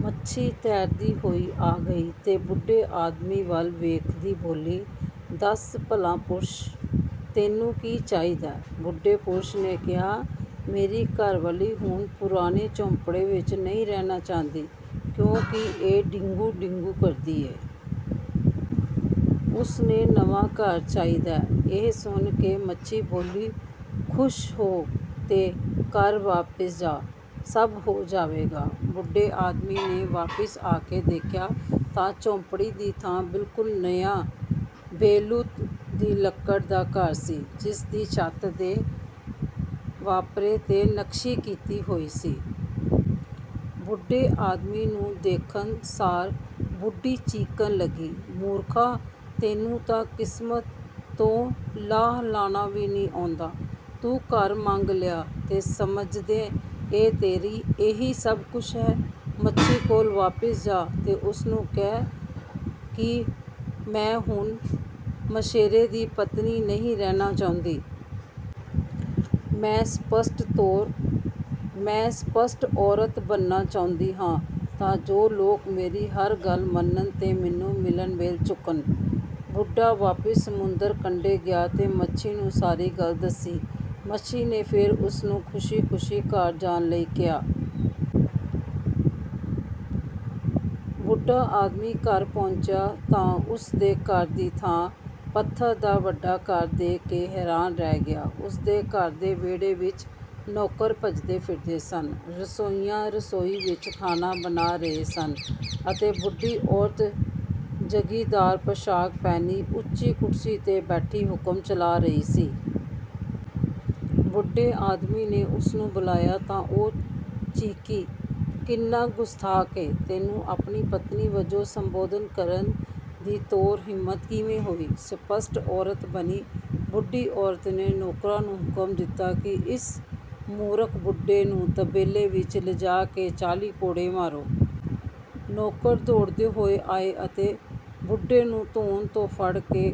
ਮੱਛੀ ਤੈਰਦੀ ਹੋਈ ਆ ਗਈ ਤੇ ਬੁੱਢੇ ਆਦਮੀ ਵੱਲ ਦੇਖਦੀ ਬੋਲੀ, ''ਦੱਸ, ਭਲੇ ਪੁਰਸ਼ ਤੈਨੂੰ ਕੀ ਚਾਹੀਦੈ? " ਬੁੱਢੇ ਪੁਰਸ਼ ਨੇ ਕਿਹਾ,''ਮੇਰੀ ਘਰਵਾਲੀ ਹੁਣ ਪੁਰਾਣੀ ਝੌਂਪੜੀ ਵਿੱਚ ਨ੍ਹੀਂ ਰਹਿਣਾ ਚਾਹੁੰਦੀ ਕਿਉਂਕਿ ਇਹ ਡਿਗੂੰ-ਡਿਗੂੰ ਕਰਦੀ ਐ। ਉਸ ਨੂੰ ਨਵਾਂ ਘਰ ਚਾਹੀਦੈ। " ਇਹ ਸੁਣ ਕੇ ਮੱਛੀ ਬੋਲੀ,''ਖ਼ੁਸ਼ ਹੋ ਤੇ ਘਰ ਵਾਪਸ ਜਾਹ। ਸਭ ਹੋ ਜਾਵੇਗਾ। " ਬੁੱਢੇ ਆਦਮੀ ਨੇ ਵਾਪਸ ਆ ਕੇ ਦੇਖਿਆ ਤਾਂ ਝੌਂਪੜੀ ਦੀ ਥਾਂ ਬਿਲਕੁਲ ਨਵਾਂ ਬੈਲੂਤ ਦੀ ਲੱਕੜ ਦਾ ਘਰ ਸੀ ਜਿਸ ਦੀ ਛੱਤ ਦੇ ਵਾਧਰੇ 'ਤੇ ਨਕਾਸ਼ੀ ਕੀਤੀ ਹੋਈ ਸੀ। ਬੁੱਢੇ ਆਦਮੀ ਨੂੰ ਦੇਖਣ ਸਾਰ ਬੁੱਢੀ ਚੀਕਣ ਲੱਗੀ, ''ਮੂਰਖਾ, ਤੈਨੂੰ ਤਾਂ ਕਿਸਮਤ ਤੋਂ ਲਾਹਾ ਲੈਣਾ ਵੀ ਨ੍ਹੀਂ ਆਉਂਦਾ। ਤੂੰ ਘਰ ਮੰਗ ਲਿਆ ਤੇ ਸਮਝਦੈਂ ਕਿ ਇਹੀ ਸਭ ਕੁਝ ਹੈ। ਮੱਛੀ ਕੋਲ ਵਾਪਸ ਜਾਹ ਤੇ ਉਸ ਨੂੰ ਕਹਿ ਕਿ ਮੈਂ ਹੁਣ ਮਛੇਰੇ ਦੀ ਪਤਨੀ ਨ੍ਹੀਂ ਰਹਿਣਾ ਚਾਹੁੰਦੀ। ਮੈਂ ਸ਼ਿਸ਼ਟ ਔਰਤ ਬਣਨਾ ਚਾਹੁੰਦੀ ਹਾਂ ਤਾਂ ਜੋ ਲੋਕ ਮੇਰੀ ਹਰ ਗੱਲ ਮੰਨਣ ਤੇ ਮੈਨੂੰ ਮਿਲਣ ਵੇਲੇ ਝੁਕਣ। " ਬੁੱਢਾ ਵਾਪਸ ਸਮੁੰਦਰ ਕੰਢੇ ਗਿਆ ਤੇ ਮੱਛੀ ਨੂੰ ਸਾਰੀ ਗੱਲ ਦੱਸ ਦਿੱਤੀ। ਮੱਛੀ ਨੇ ਫਿਰ ਉਸ ਨੂੰ ਖ਼ੁਸ਼ੀ ਖ਼ੁਸ਼ੀ ਘਰ ਜਾਣ ਲਈ ਕਿਹਾ। ਬੁੱਢਾ ਆਦਮੀ ਘਰ ਪਹੁੰਚਿਆ ਤਾਂ ਉਸ ਦੇ ਘਰ ਦੀ ਥਾਂ ਪੱਥਰ ਦਾ ਵੱਡਾ ਘਰ ਦੇਖ ਕੇ ਹੈਰਾਨ ਰਹਿ ਗਿਆ। ਉਸ ਦੇ ਘਰ ਦੇ ਵਿਹੜੇ ਵਿੱਚ ਨੌਕਰ ਭੱਜੇ ਫਿਰਦੇ ਸਨ। ਰਸੋਈਏ ਰਸੋਈ ਵਿੱਚ ਖਾਣਾ ਬਣਾ ਰਹੇ ਸਨ ਅਤੇ ਬੁੱਢੀ ਔਰਤ ਜ਼ਰੀਦਾਰ ਪੋਸ਼ਾਕ ਪਹਿਨੀ ਉੱਚੀ ਕੁਰਸੀ 'ਤੇ ਬੈਠੀ ਹੁਕਮ ਚਲਾ ਰਹੀ ਸੀ। ਬੁੱਢੇ ਆਦਮੀ ਨੇ ਉਸ ਨੂੰ ਬੁਲਾਇਆ ਤਾਂ ਉਹ ਚੀਕੀ, ''ਕਿੰਨਾ ਗੁਸਤਾਖ਼ ਐਂ! ਮੈਨੂੰ ਆਪਣੀ ਪਤਨੀ ਵਜੋਂ ਸੰਬੋਧਨ ਕਰਨ ਦੀ ਤੇਰੀ ਹਿੰਮਤ ਕਿਵੇਂ ਹੋਈ? " ਸ਼ਿਸ਼ਟ ਔਰਤ ਬਣੀ ਬੁੱਢੀ ਔਰਤ ਨੇ ਨੌਕਰਾਂ ਨੂੰ ਹੁਕਮ ਦਿੱਤਾ ਕਿ ਇਸ ਮੂਰਖ ਬੁੱਢੇ ਨੂੰ ਤਬੇਲੇ ਵਿੱਚ ਲਿਜਾ ਕੇ ਚਾਲੀ ਕੋੜੇ ਮਾਰੋ। ਨੌਕਰ ਦੌੜਦੇ ਹੋਏ ਆਏ ਅਤੇ ਬੁੱਢੇ ਨੂੰ ਧੌਣ ਤੋਂ ਫੜ੍ਹ ਕੇ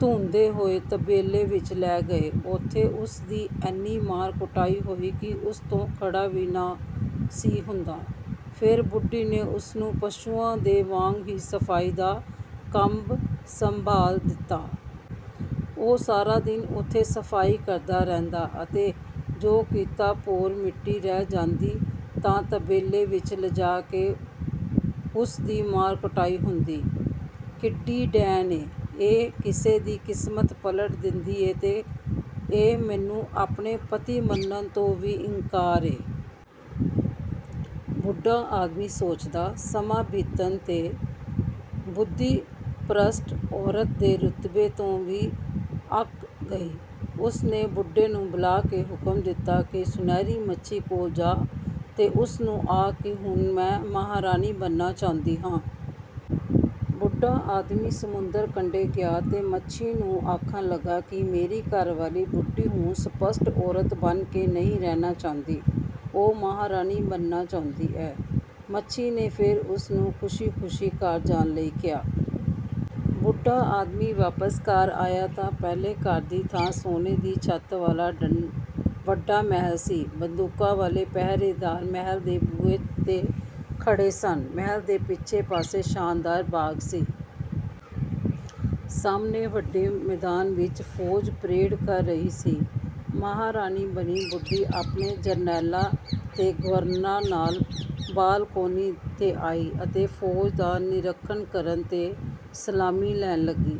ਧੂੰਹਦੇ ਹੋਏ ਤਬੇਲੇ ਵਿੱਚ ਲੈ ਗਏ। ਉੱਥੇ ਉਸ ਦੀ ਐਨੀ ਮਾਰ-ਕੁਟਾਈ ਹੋਈ ਕਿ ਉਸ ਤੋਂ ਖੜ੍ਹ ਵੀ ਨਹੀਂ ਸੀ ਹੁੰਦਾ। ਫਿਰ ਬੁੱਢੀ ਨੇ ਉਸ ਨੂੰ ਪਸ਼ੂਆਂ ਦੇ ਵਾੜੇ ਦੀ ਸਫ਼ਾਈ ਦਾ ਕੰਮ ਸੰਭਾਲ ਦਿੱਤਾ। ਉਹ ਸਾਰਾ ਦਿਨ ਉੱਥੇ ਸਫ਼ਾਈ ਕਰਦਾ ਰਹਿੰਦਾ ਅਤੇ ਜੇ ਕਿਤਾ ਭੋਰ ਮਿੱਟੀ ਰਹਿ ਜਾਂਦੀ ਤਾਂ ਤਬੇਲੇ ਵਿੱਚ ਲਿਜਾ ਕੇ ਉਸ ਦੀ ਮਾਰ-ਕੁਟਾਈ ਹੁੰਦੀ। ''ਕਿੱਡੀ ਡੈਣ ਆ? ਐ ਕਿਸੇ ਦੀ ਕਿਸਮਤ ਪਲਟ ਦਿੱਤੀ ਤੇ ਇਹ ਮੈਨੂੰ ਆਪਣਾ ਪਤੀ ਮੰਨਣ ਤੋਂ ਵੀ ਇਨਕਾਰੀ ਐ। " ਬੁੱਢਾ ਆਦਮੀ ਸੋਚਦਾ। ਸਮਾਂ ਬੀਤਣ 'ਤੇ ਬੁੱਢੀ ਸ਼ਿਸ਼ਟ ਔਰਤ ਦੇ ਰੁਤਬੇ ਤੋਂ ਵੀ ਅੱਕ ਗਈ। ਉਸ ਨੇ ਬੁੱਢੇ ਨੂੰ ਬੁਲਾ ਕੇ ਹੁਕਮ ਦਿੱਤਾ ਕਿ ਸੁਨਹਿਰੀ ਮੱਛੀ ਕੋਲ ਜਾਹ ਤੇ ਉਸ ਨੂੰ ਆਖ ਕਿ ਹੁਣ ਮੈਂ ਮਹਾਰਾਣੀ ਬਣਨਾ ਚਾਹੁੰਦੀ ਹਾਂ। ਬੁੱਢਾ ਆਦਮੀ ਸਮੁੰਦਰ ਕੰਢੇ ਗਿਆ ਤੇ ਮੱਛੀ ਨੂੰ ਕਹਿਣ ਲੱਗਿਆ ਕਿ ਮੇਰੀ ਘਰਵਾਲੀ ਬੁੱਢੀ ਹੁਣ ਸ਼ਿਸ਼ਟ ਔਰਤ ਬਣ ਕੇ ਨਹੀਂ ਰਹਿਣਾ ਚਾਹੁੰਦੀ। ਉਹ ਮਹਾਰਾਣੀ ਬਣਨਾ ਚਾਹੁੰਦੀ ਐ। ਮੱਛੀ ਨੇ ਫਿਰ ਉਸ ਨੂੰ ਖ਼ੁਸ਼ੀ ਖ਼ੁਸ਼ੀ ਘਰ ਜਾਣ ਲਈ ਕਿਹਾ। ਬੁੱਢਾ ਆਦਮੀ ਵਾਪਸ ਘਰ ਆਇਆ ਤਾਂ ਪਹਿਲੇ ਘਰ ਦੀ ਥਾਂ ਸੋਨੇ ਦੀ ਛੱਤ ਵਾਲਾ ਵੱਡਾ ਮਹਿਲ ਸੀ। ਬੰਦੂਕਾਂ ਵਾਲੇ ਪਹਿਰੇਦਾਰ ਮਹਿਲ ਦੇ ਬੂਹੇ 'ਤੇ ਖੜ੍ਹੇ ਸਨ। ਮਹਿਲ ਦੇ ਪਿਛਲੇ ਪਾਸੇ ਸ਼ਾਨਦਾਰ ਬਾਗ਼ ਸੀ। ਸਾਹਮਣੇ ਵੱਡੇ ਮੈਦਾਨ ਵਿੱਚ ਫ਼ੌਜ ਪਰੇਡ ਕਰ ਰਹੀ ਸੀ। ਮਹਾਰਾਣੀ ਬਣੀ ਬੁੱਢੀ ਆਪਣੇ ਜਰਨੈਲਾਂ ਤੇ ਗਵਰਨਰਾਂ ਨਾਲ ਬਾਲਕੋਨੀ 'ਤੇ ਆਈ ਅਤੇ ਫ਼ੌਜ ਦਾ ਨਿਰੀਖਣ ਕਰਨ ਤੇ ਸਲਾਮੀ ਲੈਣ ਲੱਗੀ।